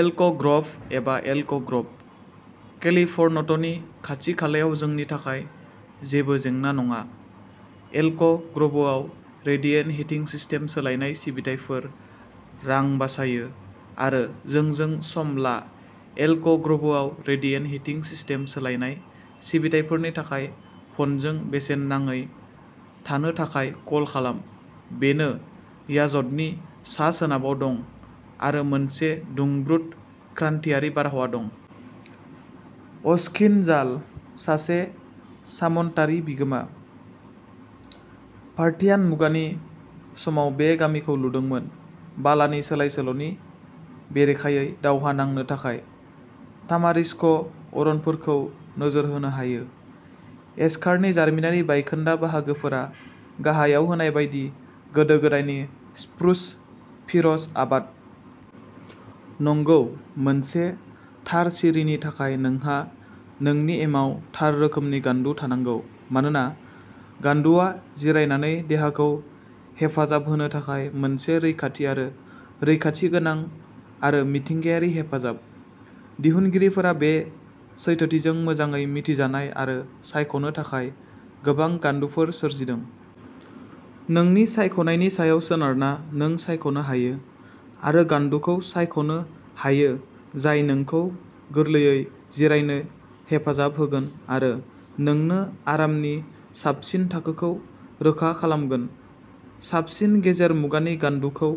Elk Grove एबा Elk Grove, केलिफर्नट'नि खाथि-खालायाव जोंनि थाखाय जेबो जेंना नङा। एल्क ग्र'भआव रेडिएन्ट हिटिं सिस्टेम सोलायनाय सिबिथाइफोर रां बासायो आरो जोंजों सम ला एल्क ग्र'भआव रेडिएन्ट हिटिं सिस्टेम सोलायनाय सिबिथाइफोरनि थाखाय फनजों बेसेन नाङै थानो थाखाय कल खालाम बेनो याजदनि सा-सोनाबाव दं, आरो मोनसे दुंब्रुद, क्रान्तियारि बारहावा दं। अशकिन जाल, सासे सामन्तारि बिगोमा, पार्थियान मुगानि समाव बे गामिखौ लुदोंमोन। बालानि सोलाय-सोल'नि बेरेखायै दावहा नांनो थाखाय, तामारिस्क अरनफोरखौ नोजोर होनो हायो। एशकारनि जारिमिनारि बायखोन्दा बाहागोफोरा गाहायाव होनाय बायदि गोदो-गोदायनि स्प्रुस, फिर'ज आबाद नंगौ, मोनसे थार सिरिनि थाखाय नोंहा नोंनि एमाव थार रोखोमनि गान्दु थानांगौ मानोना गान्दुआ जिरायनानै देहाखौ हेफाजाब होनो थाखाय मोनसे रैखाथि आरो रैखाथि गोनां आरो मिथिंगायारि हेफाजाब। दिहुनगिरिफोरा बे सैथोथिजों मोजाङै मिथिजानाय आरो सायख'नो थाखाय गोबां गान्दुफोर सोरजिदों। नोंनि सायख'नायनि सायाव सोनारना नों सायख'नो हायो आरो गान्दुखौ सायख'नो हायो जाय नोंखौ गोरलैयै जिरायनो हेफाजाब होगोन आरो नोंनो आरामनि साबसिन थाखोखौ रोखा खालामगोन। साबसिन गेजेर मुगानि गान्दुखौ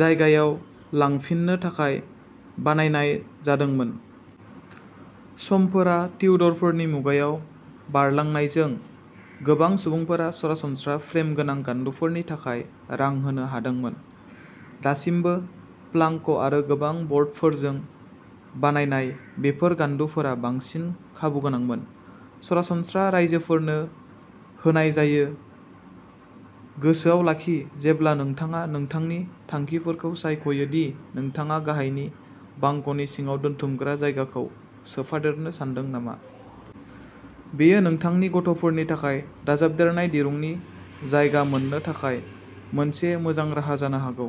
जायगायाव लांफिननो थाखाय बानायनाय जादोंमोन। समफोरा टिउडरफोरनि मुगायाव बारलांनायजों, गोबां सुबुंफोरा सरासनस्रा फ्रेम गोनां गान्दुफोरनि थाखाय रां होनो हादोंमोन। दासिमबो प्लांक आरो गोरा बर्डफोरजों बानायनाय, बेफोर गान्दुफोरा बांसिन खाबुगोनांमोन। सरासनस्रा राइजोफोरनो होनाय जायो। गोसोआव लाखि जेब्ला नोंथाङा नोंथांनि थांखिफोरखौ सायख'यो दि नोंथाङा गाहायनि बांकनि सिङाव दोनथुमग्रा जायगाखौ सोफादेरनो सानदों नामा। बेयो नोंथांनि गथ'फोरनि थाखाय दाजाबदेरनाय दिरुंनि जायगा मोन्नो थाखाय मोनसे मोजां राहा जानो हागौ।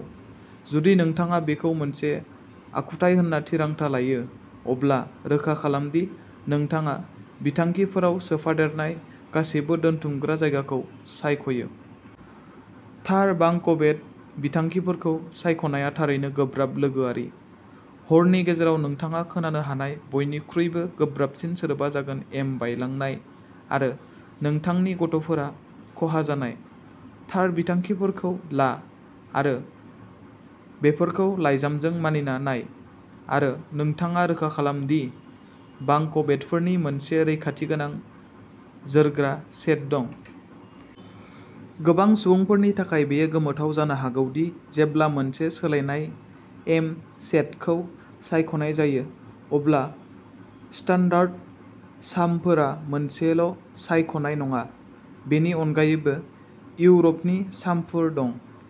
जुदि नोंथाङा बेखौ मोनसे आखुथाय होनना थिरांथा लायो, अब्ला रोखा खालाम दि नोंथाङा बिथांखिफोराव सोफादेरनाय गासैबो दोनथुमग्रा जायगाखौ सायख'यो। थार बांकबेड बिथांखिफोरखौ सायख'नाया थारैनो गोब्राब लोगोआरि। हरनि गेजेराव नोंथाङा खोनानो हानाय बयनिख्रुइबो गोब्राबसिन सोदोबआ जागोन एम बायलांनाय, आरो नोंथांनि गथ'फोरा खहा जानाय। थार बिथांखिफोरखौ ला आरो बेफोरखौ लाइजामजों मानिना नाय, आरो नोंथाङा रोखा खालाम दि बांक बेडफोरनि मोनसे रैखाथि गोनां, जोरग्रा सेट दं। गोबां सुबुंफोरनि थाखाय बेयो गोमोथाव जानो हागौ दि जेब्ला मोनसे सोलायनाय एम सेटखौ सायख'नाय जायो अब्ला स्टान्डार्ड शामफोरा मोनसेल' सायख'नाय नङा। बेनि अनगायैबो इउर'पनि शामफोर दं।